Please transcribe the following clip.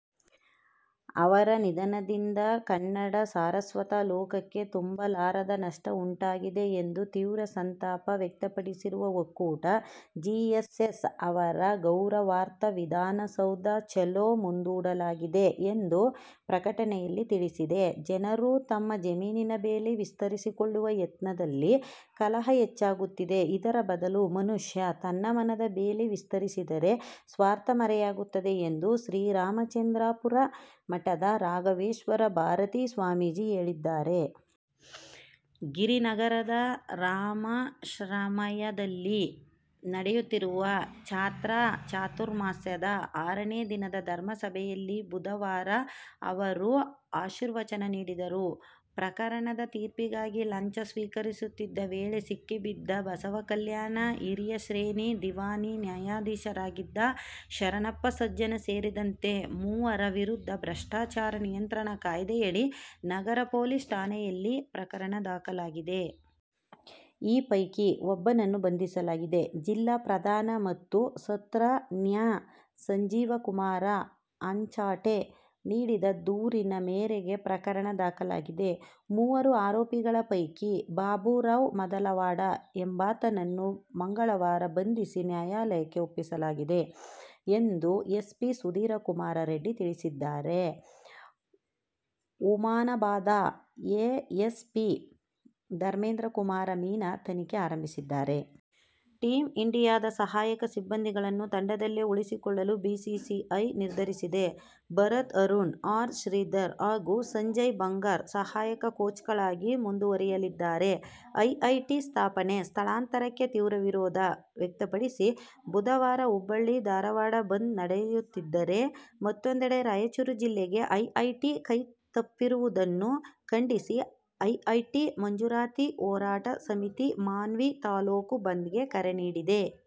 ಅವರ ನಿಧನದಿಂದ ಕನ್ನಡ ಸಾರಸ್ವತಾ ಲೋಕಕ್ಕೆ ತುಂಬಲಾರದ ನಷ್ಟ ಉಂಟಾಗಿದೆ ಎಂದು ತೀವ್ರ ಸಂತಾಪ ವ್ಯಕ್ತಪಡಿಸಿರುವ ಒಕ್ಕೂಟ, ಜಿಎಸ್ಎಸ್ ಅವರ ಗೌರವಾರ್ಥ ವಿಧಾನಸೌಧ ಚಲೋ ಮುಂದೂಡಲಾಗಿದೆ ಎಂದು ಪ್ರಕಟಣೆಯಲ್ಲಿ ತಿಳಿಸಿದೆ. ಜನರು ತಮ್ಮ ಜಮೀನಿನ ಬೇಲಿ ವಿಸ್ತರಿಸಿಕೊಳ್ಳುವ ಯತ್ನದಲ್ಲಿ ಕಲಹ ಹೆಚ್ಚಾಗುತ್ತಿದೆ. ಇದರ ಬದಲು ಮನುಷ್ಯ ತನ್ನ ಮನದ ಬೇಲಿ ವಿಸ್ತರಿಸಿದರೆ ಸ್ವಾರ್ಥ ಮರೆಯಾಗುತ್ತದೆ ಎಂದು ಶ್ರೀರಾಮಚಂದ್ರಾಪುರ ಮಠದ ರಾಘವೇಶ್ವರ ಭಾರತೀ ಸ್ವಾಮೀಜಿ ಹೇಳಿದ್ದಾರೆ. ಗಿರಿನಗರದ ರಾಮಾಶ್ರಮಯದಲ್ಲಿ ನಡೆಯುತ್ತಿರುವ ಛಾತ್ರ ಚಾತುರ್ಮಾಸ್ಯದ ಆರನೇ ದಿನದ ಧರ್ಮ ಸಭೆಯಲ್ಲಿ ಬುಧವಾರ ಅವರು ಆಶೀರ್ವಚನ ನೀಡಿದರು. ಪ್ರಕರಣದ ತೀರ್ಪಿಗಾಗಿ ಲಂಚ ಸ್ವೀಕರಿಸುತ್ತಿದ್ದ ವೇಳೆ ಸಿಕ್ಕಿಬಿದ್ದ ಬಸವಕಲ್ಯಾಣ ಹಿರಿಯ ಶ್ರೇಣಿ ದಿವಾಣಿ ನ್ಯಾಯಾಧೀಶರಾಗಿದ್ದ ಶರಣಪ್ಪ ಸಜ್ಜನ ಸೇರಿದಂತೆ ಮೂವರ ವಿರುದ್ಧ ಭ್ರಷ್ಟಾಚಾರ ನಿಯಂತ್ರಣ ಕಾಯ್ದೆಯಡಿ ನಗರ ಪೊಲೀಸ್ ಠಾಣೆಯಲ್ಲಿ ಪ್ರಕರಣ ದಾಖಲಾಗಿದೆ. ಈ ಪೈಕಿ ಒಬ್ಬನನ್ನು ಬಂಧಿಸಲಾಗಿದೆ. ಜಿಲ್ಲಾ ಪ್ರಧಾನ ಮತ್ತು ಸತ್ರ ನ್ಯಾ. ಸಂಜೀವಕುಮಾರ ಹಂಚಾಟೆ ನೀಡಿದ ದೂರಿನ ಮೇರೆಗೆ ಪ್ರಕರಣ ದಾಖಲಾಗಿದೆ. ಮೂವರು ಆರೋಪಿಗಳ ಪೈಕಿ ಬಾಬುರಾವ್ ಮದಲವಾಡ ಎಂಬಾತನನ್ನು ಮಂಗಳವಾರ ಬಂಧಿಸಿ ನ್ಯಾಯಾಲಯಕ್ಕೆ ಒಪ್ಪಿಸಲಾಗಿದೆ ಎಂದು ಎಸ್ಪಿ ಸುಧೀರಕುಮಾರ ರೆಡ್ಡಿ ತಿಳಿಸಿದ್ದಾರೆ. ಹುಮನಾಬಾದ ಎಎಸ್ಪಿ ಧಮೇಂದ್ರಕುಮಾರ ಮೀನಾ ತನಿಖೆ ಆರಂಭಿಸಿದ್ದಾರೆ. ಟೀಂ ಇಂಡಿಯಾದ ಸಹಾಯಕ ಸಿಬ್ಬಂದಿಗಳನ್ನು ತಂಡದಲ್ಲೇ ಉಳಿಸಿಕೊಳ್ಳಲು ಬಿಸಿಸಿಐ ನಿರ್ಧರಿಸಿದೆ. ಭರತ್ ಅರುಣ್, ಆರ್. ಶ್ರೀಧರ್ ಹಾಗೂ ಸಂಜಯ್ ಬಂಗಾರ್ ಸಹಾಯಕ ಕೋಚ್ಗಳಾಗಿ ಮುಂದುವರಿಯಲಿದ್ದಾರೆ. ಐಐಟಿ ಸ್ಥಾಪನೆ ಸ್ಥಳಾಂತರಕ್ಕೆ ತೀವ್ರ ವಿರೋಧ ವ್ಯಕ್ತಪಡಿಸಿ ಬುಧವಾರ ಹುಬ್ಬಳ್ಳಿ, ಧಾರವಾಡ ಬಂದ್ ನಡೆಯುತ್ತಿದ್ದರೆ, ಮತ್ತೊಂದೆಡೆ ರಾಯಚೂರು ಜಿಲ್ಲೆಗೆ ಐಐಟಿ ಕೈತಪ್ಪಿರುವುದನ್ನು ಖಂಡಿಸಿ ಐಐಟಿ ಮಂಜೂರಾತಿ ಹೋರಾಟ ಸಮಿತಿ ಮಾನ್ವಿ ತಾಲೂಕು ಬಂದ್ ಗೆ ಕರೆ ನೀಡಿದೆ.